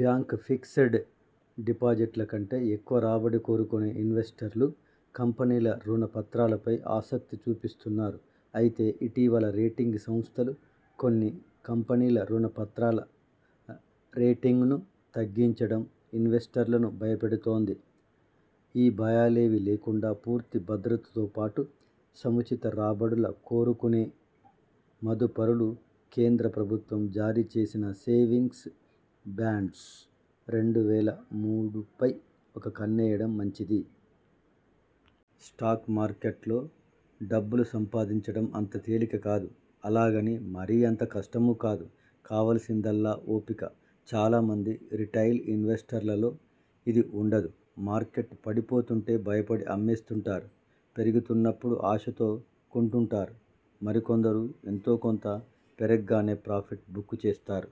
Bank fixed డిపాజిట్ల కంటే ఎక్కువ రాబడి కోరుకునే ఇన్వెస్టర్లు కంపెనీల రుణ పత్రాలపై ఆసక్తి చూపిస్తున్నారు. అయితే ఇటీవల రేటింగ్ సంస్థలు కొన్ని కంపెనీల రుణ పత్రాల రేటింగ్ను తగ్గించటం ఇన్వెస్టర్లను భయపెడుతోంది. ఈ భయాలేవీ లేకుండా పూర్తి భద్రతతోపాటు సముచిత రాబడుల కోరుకునే మదుపరులు, కేంద్ర ప్రభుత్వం జారీ చేసిన 'సేవింగ్స్ బాండ్స్-రెండు వేల మూడుపై ఒక కన్నేయడం మంచిది. స్టాక్ మార్కెట్లో డబ్బులు సంపాదించడం అంత తేలిక కాదు. అలాగని మరీ అంత కష్టమూ కాదు. కావాల్సిందల్లా ఓపిక. చాలా మంది రిటైల్ ఇన్వెస్టర్లలో ఇది ఉండదు. మార్కెట్ పడిపోతుంటే భయపడి అమ్మేస్తుంటారు. పెరుగుతున్నప్పుడు ఆశతో కొంటుంటారు. మరికొందరు ఎంతో కొంత పెరగ్గానే ప్రాఫిట్ బుక్ చేస్తారు.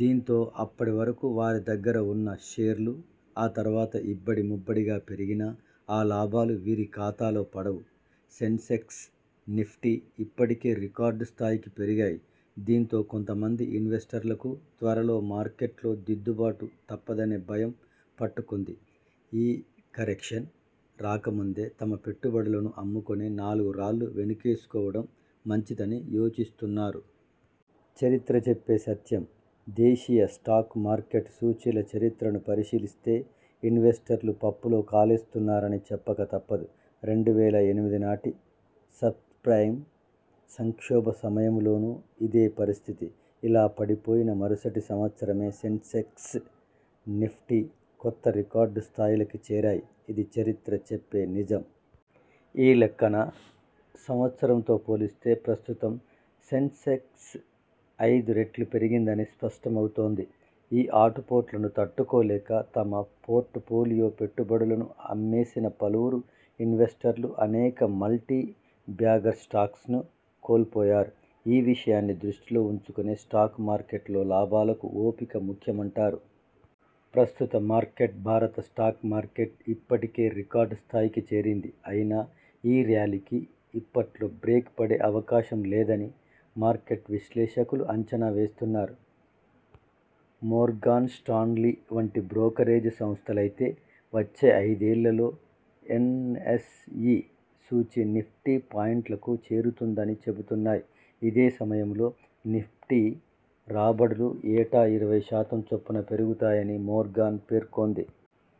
దీంతో అప్పటి వరకు వారి దగ్గర ఉన్న షేర్లు ఆ తర్వాత ఇబ్బడిముబ్బడిగా పెరిగినా, ఆ లాభాలు వీరి ఖాతాలో పడవు. సెన్సెక్స్, నిఫ్టీ ఇప్పటికే రికార్డు స్థాయికి పెరిగాయి. దీంతో కొంతమంది ఇన్వెస్టర్లకు త్వరలో మార్కెట్లో దిద్దుబాటు తప్పదనే భయం పట్టుకుంది. ఈ కరెక్షన్ రాక ముందే తమ పెట్టుబడులను అమ్ముకుని నాలుగు రాళ్లు వెనకేసుకోవడం మంచిదని యోచిస్తున్నారు. చరిత్ర చెప్పే సత్యందేశీయ స్టాక్ మార్కెట్ సూచీల చరిత్రను పరిశీలిస్తే ఇన్వెస్టర్లు పప్పులో కాలేస్తున్నారని చెప్పక తప్పదు. రెండు వేల ఎనిమిదినాటి సబ్ప్రైమ్ సంక్షోభ సమయంలోనూ ఇదే పరిస్థితి. ఇలా పడిపోయిన మరుసటి సంవత్సరమే సెన్సెక్స్, నిఫ్టీ కొత్త రికార్డు స్థాయిలకి చేరాయి. ఇది చరిత్ర చెప్పే నిజం. ఈ లెక్కన సంవత్సరంతో పోలిస్తే ప్రస్తుతం సెన్సెక్స్ ఐదు రెట్లు పెరిగిందని స్పష్టమవుతోంది. ఈ ఆటుపోట్లను తట్టుకోలేక తమ పోర్టుఫోలియో పెట్టుబడులను అమ్మేసిన పలువురు ఇన్వెస్టర్లు అనేక మల్టీ బ్యాగర్ స్టాక్స్ను కోల్పోయారు. ఈ విషయాన్ని దృష్టిలో ఉంచుకునే స్టాక్ మార్కెట్లో లాభాలకు ఓపిక ముఖ్యమంటారు. ప్రస్తుత మార్కెట్భారత స్టాక్ మార్కెట్ ఇప్పటికే రికార్డ్ స్థాయికి చేరింది. అయినా ఈ ర్యాలీకి ఇప్పట్లో బ్రేక్ పడే అవకాశం లేదని మార్కెట్ విశ్లేషకులు అంచనా వేస్తున్నారు. మోర్గాన్స్టాన్లీ వంటి బ్రోకరేజ్ సంస్థలైతే వచ్చే ఐదేళ్లలో ఎన్ఎస్ఇ సూచీ నిఫ్టీ పాయింట్లకు చేరుతుందని చెబుతున్నాయి. ఇదే సమయంలో నిఫ్టీ రాబడులూ ఏటా ఇరవై శాతం చొప్పున పెరుగుతాయని మోర్గాన్ పేర్కొంది.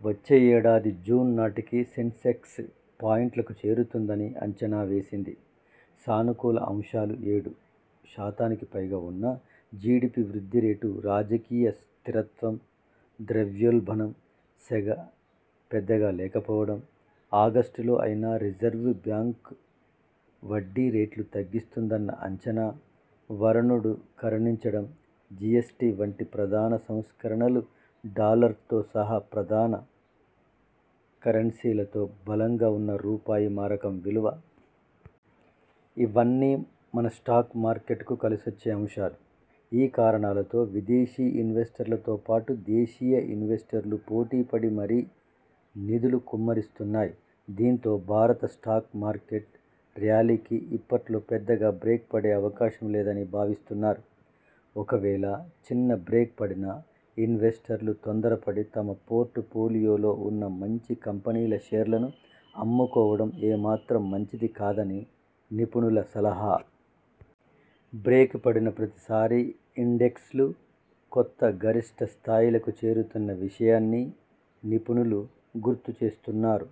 వచ్చే ఏడాది జూన్ నాటికి సెన్సెక్స్ పాయింట్లకు చేరుతుందని అంచనా వేసింది. సానుకూల అంశాలుఏడు శాతానికిపైగా ఉన్న జిడిపి వృద్ధి రేటు, రాజకీయ స్థిరత్వం, ద్రవ్యోల్బణం సెగ పెద్దగా లేకపోవడం, ఆగస్టులో అయినా భారతీయ రిజర్వ్ బ్యాంక్ వడ్డీ రేట్లు తగ్గిస్తుందన్న అంచనా, వరుణుడు కరుణించడం, జిఎ్సటి వంటి ప్రధాన సంస్కరణలు, డాలర్తో సహా ప్రఽధాన కరెన్సీలతో బలంగా ఉన్న రూపాయి మారకం విలువ.. ఇవన్నీ మన స్టాక్ మార్కెట్కు కలిసొచ్చే అంశాలు. ఈ కారణాలతో విదేశీ ఇన్వెస్టర్లతోపాటు, దేశీయ ఇన్వెస్టర్లు పోటీపడి మరీ నిధులు కుమ్మరిస్తున్నాయి. దీంతో భారత స్టాక్ మార్కెట్ ర్యాలీకి ఇప్పట్లో పెద్దగా బ్రేక్ పడే అవకాశం లేదని భావిస్తున్నారు. ఒకవేళ చిన్న బ్రేక్ పడినా ఇన్వెస్టర్లు తొందరపడి తమ పోర్టుఫోలియోలో ఉన్న మంచి కంపెనీల షేర్లను అమ్ముకోవడం ఏ మాత్రం మంచిది కాదని నిపుణుల సలహా. బ్రేక్ పడిన ప్రతిసారీ ఇండెక్స్లు కొత్త గరిష్ఠ స్థాయిలకు చేరుతున్న విషయాన్నీ నిపుణులు గుర్తు చేస్తున్నారు.